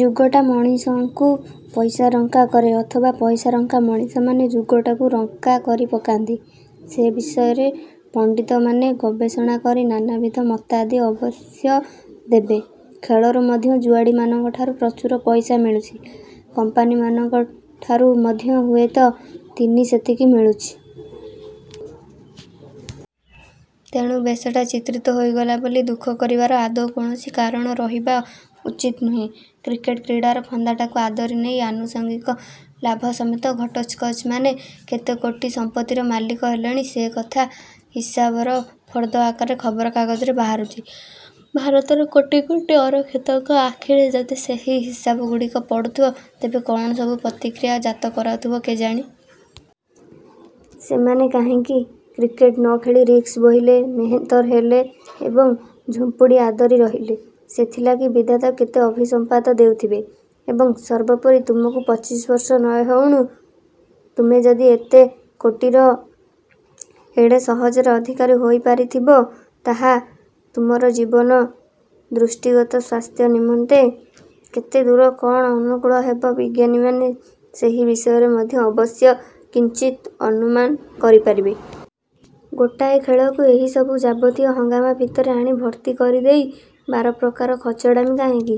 ଯୁଗଟା ମଣିଷଙ୍କୁ ପଇସାରଙ୍କା କରେ ଅଥବା ପଇସାରଙ୍କା ମଣିଷମାନେ ଯୁଗଟାକୁ ରଙ୍କା କରିପକାନ୍ତି, ସେ ବିଷୟରେ ପଣ୍ଡିତମାନେ ଗବେଷଣା କରି ନାନାବିଧ ମତାଦି ଅବଶ୍ୟ ଦେବେ। ଖେଳରୁ ମଧ୍ୟ ଜୁଆଡ଼ିମାନଙ୍କ ଠାରୁ ପ୍ରଚୁର ପଇସା ମିଳୁଛି, କମ୍ପାନୀମାନଙ୍କ ଠାରୁ ମଧ୍ୟ ହୁଏତ ତିନି ସେତିକି ମିଳୁଛି। ତେଣୁ ବେଶଟା ଚିତ୍ରିତ ହୋଇଗଲା ବୋଲି ଦୁଃଖ କରିବାର ଆଦୌ କୌଣସି କାରଣ ରହିବା ଉଚିତ ନୁହେଁ। କ୍ରିକେଟ କ୍ରୀଡ଼ାର ଫନ୍ଦାଟାକୁ ଆଦରି ନେଇ ଆନୁସଙ୍ଗିକ ଲାଭ ସମେତ ଘଟୋତ୍କଚମାନେ କେତେକୋଟି ସମ୍ପତ୍ତିର ମାଲିକ ହେଲେଣି, ସେକଥା ହିସାବର ଫର୍ଦ୍ଦ ଆକାରରେ ଖବରକାଗଜରେ ବାହାରୁଛି। ଭାରତର କୋଟି କୋଟି ଅରକ୍ଷିତଙ୍କ ଆଖିରେ ଯଦି ସେହି ହିସାବଗୁଡ଼ିକ ପଡୁଥିବ, ତେବେ କଣ ସବୁ ପ୍ରତିକ୍ରିୟା ଜାତ କରାଉଥିବ କେଜାଣି? ସେମାନେ କାହିଁକି କ୍ରିକେଟ ନ ଖେଳି ରିକ୍ସ ବୋହିଲେ, ମେହେନ୍ତର ହେଲେ ଏବଂ ଝୁମ୍ପୁଡ଼ି ଆଦରି ରହିଲେ, ସେଥିଲାଗି ବିଧାତା କେତେ ଅଭିସମ୍ପାତ ଦେଉଥିବେ। ଏବଂ ସର୍ବୋପରି ତୁମକୁ ପଚିଶି ବର୍ଷ ନ ହେଉଣୁ ତୁମେ ଯଦି ଏତେ କୋଟିର ଏଡ଼େ ସହଜରେ ଅଧିକାରୀ ହୋଇପାରିଥିବ, ତାହା ତୁମର ଜୀବନ ଦୃଷ୍ଟିଗତ ସ୍ୱାସ୍ଥ୍ୟ ନିମନ୍ତେ କେତେଦୂର କଣ ଅନୁକୂଳ ହେବ ବିଜ୍ଞାନୀମାନେ ସେହି ବିଷୟରେ ମଧ୍ୟ ଅବଶ୍ୟ କିଞ୍ଚିତ୍ ଅନୁମାନ କରିପାରିବେ। ଗୋଟାଏ ଖେଳକୁ ଏହିସବୁ ଯାବତୀୟ ହଙ୍ଗାମା ଭିତରେ ଆଣି ଭର୍ତ୍ତି କରିଦେଇ ବାରପ୍ରକାର ଖଚଡ଼ାମି କାହିଁକି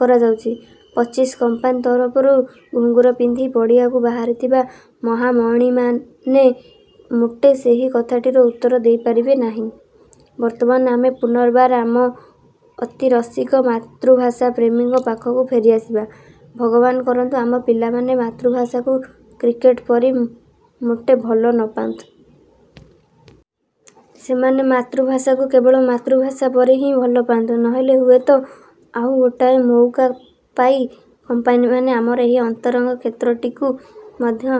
?କରାଯାଉଛି ପଚିଶି କମ୍ପାନୀ ତରଫରୁ ଘୁଙ୍ଗୁର ପିନ୍ଧି ପଡ଼ିଆକୁ ବାହାରିଥିବା ମହାମଣିମାନେ ମୋଟେ ସେହି କଥାଟିର ଉତ୍ତର ଦେଇପାରିବେ ନାହିଁ। ବର୍ତ୍ତମାନ ଆମେ ପୁନର୍ବାର ଆମ ଅତିରସିକ ମାତୃଭାଷାପ୍ରେମୀଙ୍କ ପାଖକୁ ଫେରିଆସିବା, ଭଗବାନ କରନ୍ତୁ ଆମ ପିଲାମାନେ ମାତୃଭାଷାକୁ କ୍ରିକେଟ ପରି ମୋଟେ ଭଲ ନପାଆନ୍ତୁ। ସେମାନେ ମାତୃଭାଷାକୁ କେବଳ ମାତୃଭାଷା ପରି ହିଁ ଭଲପାଆନ୍ତୁ, ନହେଲେ ହୁଏତ ଆଉ ଗୋଟାଏ ମଉକା ପାଇ କମ୍ପାନୀମାନେ ଆମର ଏହି ଅନ୍ତରଙ୍ଗ କ୍ଷେତ୍ରଟିକୁ ମଧ୍ୟ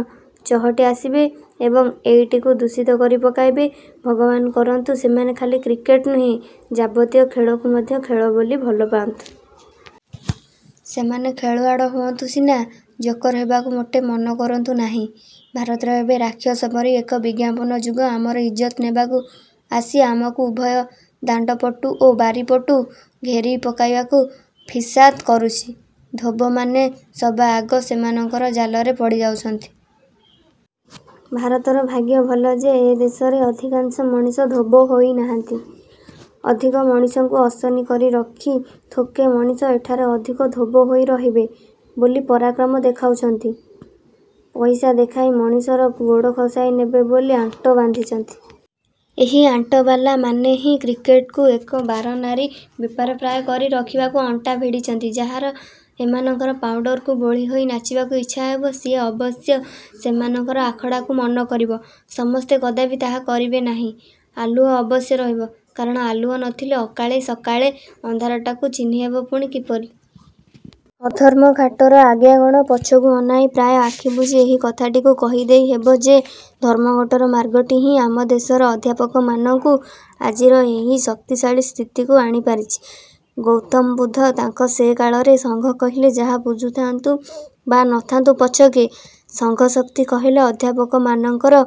ଚହଟି ଆସିବେ ଏବଂ ଏଇଟିକୁ ଦୂଷିତ କରି ପକାଇବେ। ଭଗବାନ କରନ୍ତୁ ସେମାନେ ଖାଲି କ୍ରିକେଟ ନୁହେଁ ଯାବତୀୟ ଖେଳକୁ ମଧ୍ୟ ଖେଳ ବୋଲି ଭଲପାଆନ୍ତୁ। ସେମାନେ ଖେଳୁଆଡ଼ ହୁଅନ୍ତୁ ସିନା, ଜୋକର ହେବାକୁ ମୋଟେ ମନ କରନ୍ତୁ ନାହିଁ। ଭାରତରେ ଏବେ ରାକ୍ଷସ ପରି ଏକ ବିଜ୍ଞାପନ ଯୁଗ ଆମ ଇଜ୍ଜତ ନେବାକୁ ଆସି ଆମକୁ ଉଭୟ ଦାଣ୍ଡପଟୁ ଓ ବାରିପଟୁ ଘେରି ପକାଇବାକୁ ଫିସାଦ କରୁଛି। ଧୋବମାନେ ସବାଆଗ ସେମାନଙ୍କର ଜାଲରେ ପଡ଼ିଯାଉଛନ୍ତି। ଭାରତର ଭାଗ୍ୟ ଭଲ ଯେ, ଏ ଦେଶରେ ଅଧିକାଂଶ ମଣିଷ ଧୋବ ହୋଇନାହାନ୍ତି। ଅଧିକ ମଣିଷଙ୍କୁ ଅସନୀ କରି ରଖି ଥୋକେ ମଣିଷ ଏଠାରେ ଅଧିକ ଧୋବ ହୋଇ ରହିବେ ବୋଲି ପରାକ୍ରମ ଦେଖାଉଛନ୍ତି। ପଇସା ଦେଖାଇ ମଣିଷର ଗୋଡ଼ ଖସାଇ ନେବେ ବୋଲି ଆଣ୍ଟ ବାନ୍ଧିଛନ୍ତି। ଏହି ଆଣ୍ଟବାଲାମାନେ ହିଁ କ୍ରିକେଟକୁ ଏକ ବାରନାରୀ ବେପାର ପ୍ରାୟ କରି ରଖିବାକୁ ଅଣ୍ଟା ଭିଡ଼ିଛନ୍ତି। ଯାହାର ଏମାନଙ୍କର ପାଉଡ଼ରକୁ ବୋଳିହୋଇ ନାଚିବାକୁ ଇଚ୍ଛା ହେବ, ସିଏ ଅବଶ୍ୟ ସେମାନଙ୍କର ଆଖଡ଼ାକୁ ମନକରିବ। ସମସ୍ତେ କଦାପି ତାହା କରିବେ ନାହିଁ। ଆଲୁଅ ଅବଶ୍ୟ ରହିବ, କାରଣ ଆଲୁଅ ନଥିଲେ ଅକାଳେ ସକାଳେ ଅନ୍ଧାରଟାକୁ ଚିହ୍ନିହେବ ପୁଣି କିପରି? ଅଧର୍ମଘାଟର ଆଜ୍ଞାଗଣ ପଛକୁ ଅନାଇ ପ୍ରାୟ ଆଖି ବୁଜି ଏହି କଥାଟିକୁ କହିଦେଇ ହେବ ଯେ, ଧର୍ମଘଟର ମାର୍ଗଟି ହିଁ ଆମ ଦେଶର ଅଧ୍ୟାପକମାନଙ୍କୁ ଆଜିର ଏହି ଶକ୍ତିଶାଳୀ ସ୍ଥିତିକୁ ଆଣିପାରିଛି। ଗୌତମ ବୁଦ୍ଧ ତାଙ୍କ ସେ କାଳରେ ସଂଘ କହିଲେ ଯାହା ବୁଝୁଥାନ୍ତୁ ବା ନଥାନ୍ତୁ ପଛକେ, ସଂଘଶକ୍ତି କହିଲେ ଅଧ୍ୟାପକମାନଙ୍କର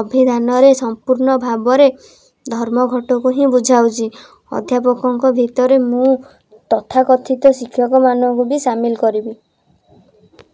ଅଭିଧାନରେ ସମ୍ପୂର୍ଣ୍ଣ ଭାବରେ ଧର୍ମଘଟକୁ ହିଁ ବୁଝାଉଛି। ଅଧ୍ୟାପକଙ୍କ ଭିତରେ ମୁଁ ତଥାକଥିତ ଶିକ୍ଷକମାନଙ୍କୁ ବି ସାମିଲ କରିବି।